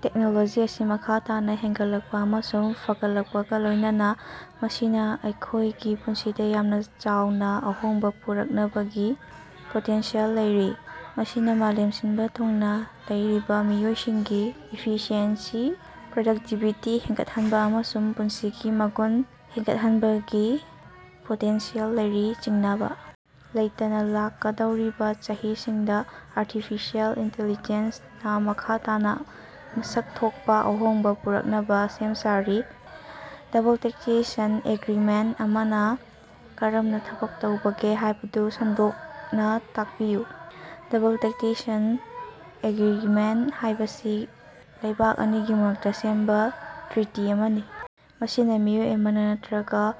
Technology ꯑꯁꯤ ꯃꯈꯥ ꯇꯥꯅ ꯍꯦꯟꯒꯠꯂꯛꯄ ꯑꯃꯁꯨꯡ ꯐꯒꯠꯂꯛꯄꯒ ꯂꯣꯌꯅꯅ ꯃꯁꯤꯅ ꯑꯩꯈꯣꯏꯒꯤ ꯄꯨꯟꯁꯤꯗ ꯌꯥꯝꯅ ꯆꯥꯎꯅ ꯑꯍꯣꯡꯕ ꯄꯨꯔꯛꯅꯕꯒꯤ ꯄꯣꯇꯦꯟꯁꯤꯌꯦꯜ ꯂꯩꯔꯤ꯫ ꯃꯁꯤꯅ ꯃꯥꯂꯦꯝ ꯁꯤꯟꯕ ꯊꯨꯡꯅ ꯂꯩꯔꯤꯕ ꯃꯤꯑꯣꯏꯁꯤꯡꯒꯤ ꯏꯐꯤꯁꯤꯑꯦꯟꯁꯤ, ꯄ꯭ꯔꯗꯛꯇꯤꯚꯤꯇꯤ ꯍꯦꯟꯒꯠꯍꯟꯕ ꯑꯃꯁꯨꯡ ꯄꯨꯟꯁꯤꯒꯤ ꯃꯒꯨꯟ ꯍꯦꯟꯒꯠꯍꯟꯕꯒꯤ ꯄꯣꯇꯦꯟꯁꯤꯌꯦꯜ ꯂꯩꯔꯤ꯫ ꯆꯤꯡꯅꯕ ꯂꯩꯇꯅ, ꯂꯥꯛꯀꯗꯧꯔꯤꯕ ꯆꯍꯤꯁꯤꯡꯗ ꯑꯥꯔꯇꯤꯐꯤꯁꯤꯌꯦꯜ ꯏꯟꯇꯦꯂꯤꯖꯦꯟꯁꯅ ꯃꯈꯥ ꯇꯥꯅ ꯃꯁꯛ ꯊꯣꯛꯄ ꯑꯍꯣꯡꯕ ꯄꯨꯔꯛꯅꯕ ꯁꯦꯝ ꯁꯥꯔꯤ꯫ ꯗꯕꯜ ꯇꯦꯛꯁꯦꯁꯟ ꯑꯦꯒ꯭ꯔꯤꯃꯦꯟꯇ ꯑꯃꯅ ꯀꯔꯝꯅ ꯊꯕꯛ ꯇꯧꯕꯒꯦ ꯍꯥꯏꯕꯗꯨ ꯁꯟꯗꯣꯛꯅ ꯇꯥꯛꯄꯤꯌꯨ꯫ ꯗꯕꯜ ꯇꯦꯛꯁꯦꯁꯟ ꯑꯦꯒ꯭ꯔꯤꯃꯦꯟꯇ ꯍꯥꯏꯕꯁꯤ ꯂꯩꯕꯥꯛ ꯑꯅꯤꯒꯤ ꯃꯔꯛꯇ ꯁꯦꯝꯕ ꯇ꯭ꯔꯤꯇꯤ ꯑꯃꯅꯤ꯫ ꯃꯁꯤꯅ ꯃꯤꯑꯣꯏ ꯑꯃꯅ ꯅꯠꯇ꯭ꯔꯒ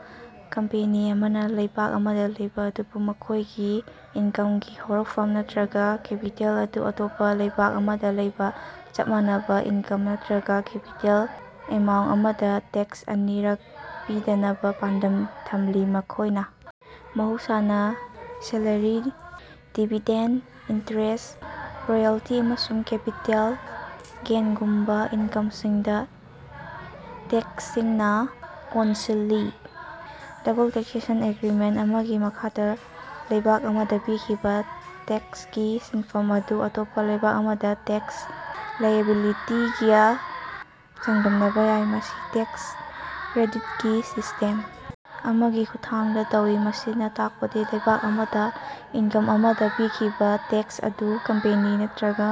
ꯀꯝꯄꯦꯅꯤ ꯑꯃꯅ ꯂꯩꯕꯥꯛ ꯑꯃꯗ ꯂꯩꯕ ꯑꯗꯨꯕꯨ ꯃꯈꯣꯏꯒꯤ ꯏꯟꯀꯝꯒꯤ ꯍꯧꯔꯛꯐꯝ ꯅꯠꯇ꯭ꯔꯒ ꯀꯦꯄꯤꯇꯦꯜ ꯑꯗꯨ ꯑꯇꯣꯞꯄ ꯂꯩꯕꯥꯛ ꯑꯃꯗ ꯂꯩꯕ, ꯆꯞ ꯃꯥꯟꯅꯕ ꯏꯟꯀꯝ ꯅꯠꯇ꯭ꯔꯒ ꯀꯦꯄꯤꯇꯦꯜ ꯑꯦꯃꯥꯎꯟꯇ ꯑꯃꯗ ꯇꯦꯛꯁ ꯑꯅꯤꯔꯛ ꯄꯤꯗꯅꯕ ꯄꯥꯟꯗꯝ ꯊꯝꯂꯤ꯫ ꯃꯈꯣꯏꯅ ꯃꯍꯧꯁꯥꯅ ꯁꯦꯂꯔꯤ, ꯗꯤꯕꯤꯗꯦꯟꯗ, ꯏꯟꯇꯔꯦꯁꯠ, ꯔꯣꯌꯦꯜꯇꯤ, ꯑꯃꯁꯨꯡ ꯀꯦꯄꯤꯇꯦꯜ ꯒꯦꯟꯒꯨꯝꯕ ꯏꯟꯀꯝꯁꯤꯡꯗ ꯇꯦꯛꯁꯁꯤꯡ ꯀꯣꯟꯁꯤꯜꯂꯤ꯫ ꯗꯕꯜ ꯇꯦꯛꯁꯦꯁꯟ ꯑꯦꯒ꯭ꯔꯤꯃꯦꯟꯇ ꯑꯃꯒꯤ ꯃꯈꯥꯗ ꯂꯩꯕꯥꯛ ꯑꯃꯗ ꯄꯤꯈꯤꯕ ꯇꯦꯛꯁꯀꯤ ꯁꯦꯟꯐꯝ ꯑꯗꯨ ꯑꯇꯣꯞꯄ ꯂꯩꯕꯥꯛ ꯑꯃꯗ ꯇꯦꯛꯁ ꯂꯥꯏꯑꯦꯕꯤꯂꯤꯇꯤꯒ ꯆꯥꯡꯗꯝꯅꯕ ꯌꯥꯏ꯫ ꯃꯁꯤ ꯇꯦꯛꯁ ꯀ꯭ꯔꯦꯗꯤꯠꯀꯤ ꯁꯤꯁꯇꯦꯝ ꯑꯃꯒꯤ ꯈꯨꯠꯊꯥꯡꯗ ꯇꯧꯏ꯫ ꯃꯁꯤꯅ ꯇꯥꯛꯄꯗꯤ ꯂꯩꯕꯥꯛ ꯑꯃꯗ ꯏꯟꯀꯝ ꯑꯃꯗ ꯄꯤꯈꯤꯕ ꯇꯦꯛꯁ ꯑꯗꯨ ꯀꯝꯄꯦꯅꯤ ꯅꯠꯇ꯭ꯔꯒ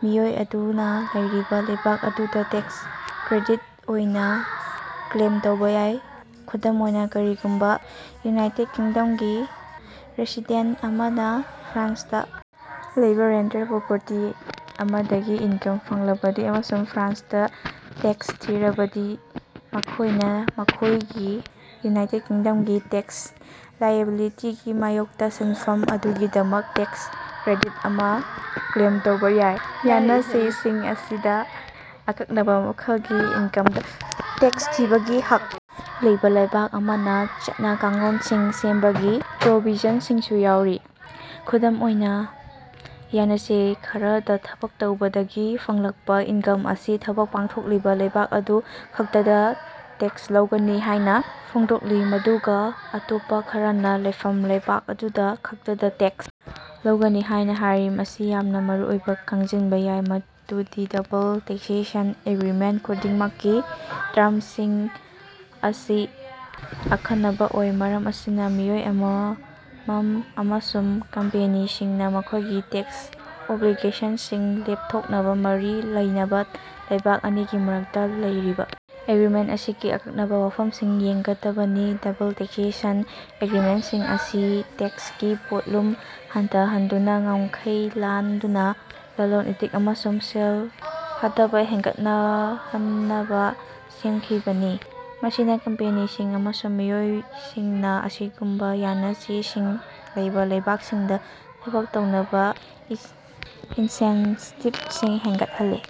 ꯃꯤꯑꯣꯏ ꯑꯗꯨꯅ ꯂꯩꯔꯤꯕ ꯂꯩꯕꯥꯛ ꯑꯗꯨꯗ ꯇꯦꯛꯁ ꯀ꯭ꯔꯦꯗꯤꯠ ꯑꯣꯏꯅ ꯀ꯭ꯂꯦꯝ ꯇꯧꯕ ꯌꯥꯏ꯫ ꯈꯨꯗꯝ ꯑꯣꯏꯅ, ꯀꯔꯤꯒꯨꯝꯕ ꯌꯨꯅꯥꯏꯇꯦꯗ ꯀꯤꯡꯗꯝꯒꯤ ꯔꯦꯁꯤꯗꯦꯟꯇ ꯑꯃꯅ ꯐ꯭ꯔꯥꯟꯁꯇ ꯂꯩꯕ ꯔꯦꯟꯇꯜ ꯄ꯭ꯔꯣꯄꯔꯇꯤ ꯑꯃꯗꯒꯤ ꯏꯟꯀꯝ ꯐꯪꯂꯕꯗꯤ ꯑꯃꯁꯨꯡ ꯐ꯭ꯔꯥꯟꯁꯇ ꯇꯦꯛꯁ ꯊꯤꯔꯕꯗꯤ ꯃꯈꯣꯏꯅ ꯃꯈꯣꯏꯒꯤ ꯌꯨꯅꯥꯏꯇꯦꯗ ꯀꯤꯡꯗꯝꯒꯤ ꯇꯦꯛꯁ ꯂꯥꯏꯑꯦꯕꯤꯂꯤꯇꯤꯒꯤ ꯃꯥꯌꯣꯛꯇ ꯁꯦꯟꯐꯝ ꯑꯗꯨꯒꯤꯗꯃꯛ ꯇꯦꯛꯁ ꯀ꯭ꯔꯦꯗꯤꯠ ꯑꯃ ꯀ꯭ꯂꯦꯝ ꯇꯧꯕ ꯌꯥꯏ꯫ ꯌꯥꯅꯆꯦꯁꯤꯡ ꯑꯁꯤꯗ ꯑꯀꯛꯅꯕ ꯃꯈꯜꯒꯤ ꯏꯟꯀꯝꯗ ꯇꯦꯛꯁ ꯊꯤꯕꯒꯤ ꯍꯛ ꯂꯩꯕ ꯂꯩꯕꯥꯛ ꯑꯃꯅ ꯆꯠꯅ-ꯀꯥꯡꯂꯣꯟꯁꯤꯡ ꯁꯦꯝꯕꯒꯤ ꯄ꯭ꯔꯣꯕꯤꯖꯟꯁꯤꯡꯁꯨ ꯌꯥꯎꯔꯤ꯫ ꯈꯨꯗꯝ ꯑꯣꯏꯅ, ꯌꯥꯅꯆꯦ ꯈꯔꯗ ꯊꯕꯛ ꯇꯧꯕꯗꯒꯤ ꯐꯪꯂꯛꯄ ꯏꯟꯀꯝ ꯑꯁꯤ ꯊꯕꯛ ꯄꯥꯡꯊꯣꯛꯂꯤꯕ ꯂꯩꯕꯥꯛ ꯑꯗꯨ ꯈꯛꯇꯗ ꯇꯦꯛꯁ ꯂꯧꯒꯅꯤ ꯍꯥꯏꯅ ꯐꯣꯡꯗꯣꯛꯂꯤ ꯑꯗꯨꯒ ꯑꯇꯣꯞꯄ ꯈꯔꯅ ꯂꯩꯐꯝ ꯂꯩꯕꯥꯛ ꯑꯗꯨꯗ ꯈꯛꯇꯗ ꯇꯦꯛꯁ ꯂꯧꯒꯅꯤ ꯍꯥꯏꯅ ꯍꯥꯏꯔꯤ꯫ ꯃꯁꯤ ꯌꯥꯝꯅ ꯃꯔꯨꯑꯣꯏꯅ ꯈꯪꯖꯤꯟꯕ ꯌꯥꯏ ꯃꯗꯨꯗꯤ ꯗꯕꯜ ꯇꯦꯛꯁꯦꯁꯟ ꯑꯦꯒ꯭ꯔꯤꯃꯦꯟꯇ ꯈꯨꯗꯤꯡꯃꯛꯀꯤ ꯇꯔꯝꯁꯤꯝꯡ ꯑꯁꯤ ꯑꯈꯟꯅꯕ ꯑꯣꯏ꯫ ꯃꯔꯝ ꯑꯁꯤꯅ ꯃꯤꯑꯣꯏ ꯑꯃꯃꯝ ꯑꯃꯁꯨꯡ ꯀꯝꯄꯦꯅꯤꯁꯤꯡꯅ ꯃꯈꯣꯏꯒꯤ ꯇꯦꯛꯁ ꯑꯣꯕ꯭ꯂꯤꯒꯦꯁꯟꯁꯤꯡ ꯂꯦꯞꯊꯣꯛꯅꯕ ꯃꯔꯤ ꯂꯩꯅꯕ ꯂꯩꯕꯥꯛ ꯑꯅꯤꯒꯤ ꯃꯔꯛꯇ ꯂꯩꯔꯤꯕ ꯑꯦꯒ꯭ꯔꯤꯃꯦꯟꯇ ꯑꯁꯤꯒꯤ ꯑꯀꯛꯅꯕ ꯋꯥꯐꯝꯁꯤꯡ ꯌꯦꯡꯒꯗꯕꯅꯤ꯫ ꯗꯕꯜ ꯇꯦꯛꯁꯦꯁꯟ ꯑꯦꯒ꯭ꯔꯤꯃꯦꯟꯇꯁꯤꯡ ꯑꯁꯤ ꯇꯦꯛꯁꯀꯤ ꯄꯣꯠꯂꯨꯝ ꯍꯟꯊꯍꯟꯗꯨꯅ ꯉꯝꯈꯩ ꯂꯥꯟꯗꯨꯅ ꯂꯂꯣꯟ-ꯏꯇꯤꯛ ꯑꯃꯁꯨꯡ ꯁꯦꯜ ꯊꯥꯙꯕ ꯍꯦꯟꯒꯠꯍꯟꯅꯕ ꯁꯦꯝꯈꯤꯕꯅꯤ꯫ ꯃꯁꯤꯅ ꯀꯝꯄꯦꯅꯤꯁꯤꯡ ꯑꯃꯁꯨꯡ ꯃꯤꯑꯣꯏꯁꯤꯡꯅ ꯑꯁꯤꯒꯨꯝꯕ ꯌꯥꯅꯆꯦꯁꯤꯡ ꯂꯩꯕ ꯂꯩꯕꯥꯛꯁꯤꯡꯗ ꯊꯕꯛ ꯇꯧꯅꯕ ꯏꯟꯁꯦꯟꯇꯤꯚꯁꯤꯡ ꯍꯦꯟꯒꯠꯍꯜꯂꯤ꯫